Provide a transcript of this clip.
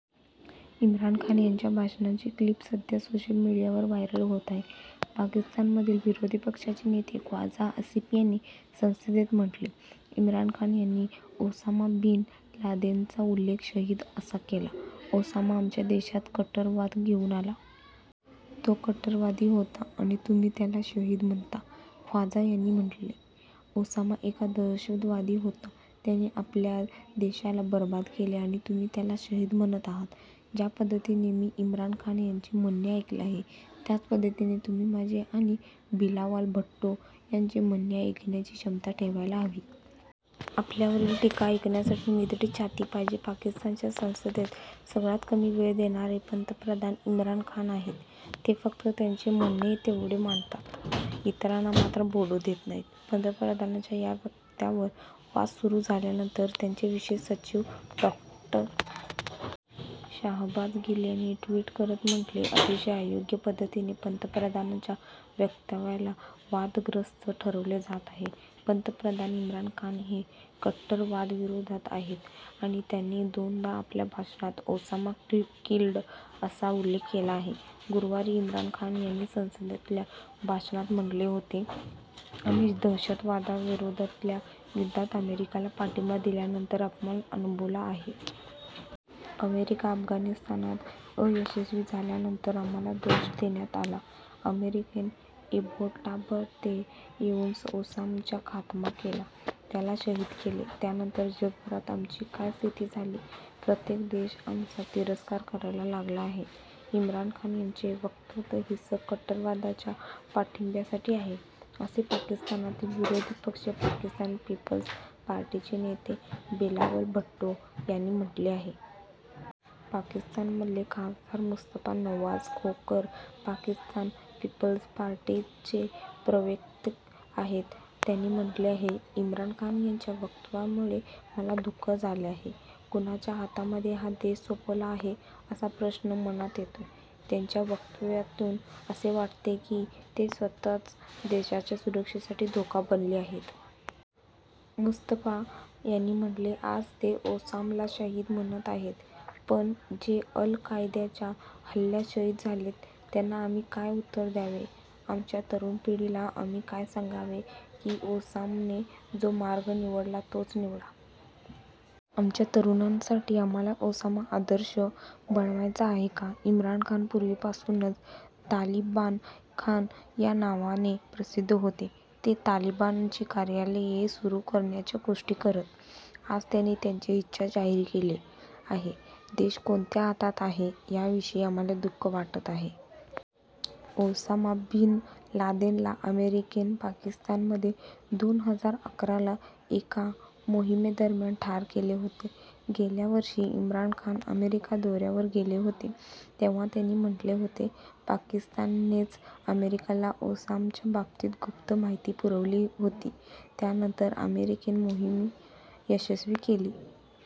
इम्रान खान यांच्या भाषणाची क्लिप सध्या सोशल मीडियावर व्हायरल होत आहे. पाकिस्तानमधील विरोधी पक्षाचे नेते ख्वाजा आसिफ यांनी संसदेत म्हटले, इम्रान खान यांनी ओसामा बिन लादेनचा उल्लेख शहीद असा केला. ओसामा आमच्या देशात कट्टरवाद घेऊन आला. तो कट्टरवादी होता आणि तुम्ही त्याला शहीद म्हणता? ख्वाजा यांनी म्हटले, ओसामा एक दहशतवादी होता. त्याने आपल्या देशाला बरबाद केले आणि तुम्ही त्याला शहीद म्हणत आहात? ज्या पद्धतीने मी इम्रान खान यांचे म्हणणे ऐकले आहे, त्याच पद्धतीने तुम्ही माझे आणि बिलावल भुट्टो यांचे म्हणणे ऐकण्याची क्षमता ठेवायला हवी. आपल्यावरील टीका ऐकण्यासाठी निधडी छाती पाहिजे. पाकिस्तानच्या संसदेत सगळ्यात कमी वेळ देणारे पंतप्रधान इम्रान खान आहेत. ते फक्त त्यांचे म्हणणे तेवढे मांडतात. इतरांना मात्र बोलू देत नाहीत. पंतप्रधानांच्या या वक्तव्यावर वाद सुरू झाल्यानंतर त्यांचे विशेष सचिव डॉ. शाहबाज गिल यांनी ट्वीट करत म्हटले, अतिशय अयोग्य पद्धतीने पंतप्रधानांच्या वक्तव्याला वादग्रस्त ठरवले जात आहे. पंतप्रधान इम्रान खान हे कट्टरवादाविरोधात आहेत. त्यांनी दोनदा आपल्या भाषणात ओसामा किल्ड असा उल्लेख केला आहे. गुरुवारी इम्रान खान यांनी संसदेतल्या भाषणात म्हटले होते, आम्ही दहशतवादाविरोधातल्या युद्धात अमेरिकेला पाठिंबा दिल्यानंतर अपमान अनुभवला आहे. अमेरिका अफगाणिस्तानात अयशस्वी झाल्यानंतर आम्हाला दोष देण्यात आला. अमेरिकेने एबोटाबादमध्ये येऊन ओसामाचा खात्मा केला, त्याला शहीद केले. त्यानंतर जगभरात आमची काय स्थिती झाली, प्रत्येक देश आमचा तिरस्कार करायला लागला आहे. इम्रान खान यांचे वक्तव्य हिंसक कट्टरवादाच्या पाठिंब्यासाठी आहे, असे पाकिस्तानातील विरोधी पक्ष पाकिस्तान पीपल्स पार्टीचे नेते बिलावल भुट्टो यांनी म्हटले आहे. पाकिस्तानमधले खासदार मुस्तफा नवाझ खोखर पाकिस्तान पीपल्स पार्टीचे प्रवक्ते आहेत. त्यांनी म्हटले आहे, इम्रान खान यांच्या वक्तव्यामुळे मला दु:ख झाले आहे. कुणाच्या हातांमध्ये हा देश सोपावला आहे, असा प्रश्न मनात येतोय. त्यांच्या वक्त्यातून असे वाटते की ते स्वतःच देशाच्या सुरक्षेसाठी धोका बनले आहेत. मुस्तफा यांनी म्हटले, आज ते ओसामाला शहीद म्हणत आहेत. पण, जे अल-कायद्याच्या हल्ल्यात शहीद झालेत, त्यांना आम्ही काय उत्तर द्यावे? आमच्या तरुण पिढीला आम्ही काय सांगावे की ओसामाने जो मार्ग निवडला, तोच निवडा? आमच्या तरुणांसाठी आम्हाला ओसामा आदर्श बनवायचा आहे का? इम्रान खान पूर्वीपासूनच तालिबान खान या नावाने प्रसिद्ध होते. ते तालिबानची कार्यालये सुरू करण्याच्या गोष्टी करत. आज त्यांनी त्यांची इच्छा जाहीर केली आहे. देश कोणत्या हातात आहे, याविषयी आम्हाला दु:ख वाटत आहे. ओसामा बिन-लादेनला अमेरिकेने पाकिस्तानमध्ये दोन हजार अकराला एका मोहिमेदरम्यान ठार केले होते. गेल्या वर्षी इम्रान खान अमेरिका दौऱ्यावर गेले होते, तेव्हा त्यांनी म्हटले होते, पाकिस्ताननेच अमेरिकेला ओसामाच्या बाबतीत गुप्त माहिती पुरवली होती. त्यानंतर अमेरिकेने मोहीम यशस्वी केली.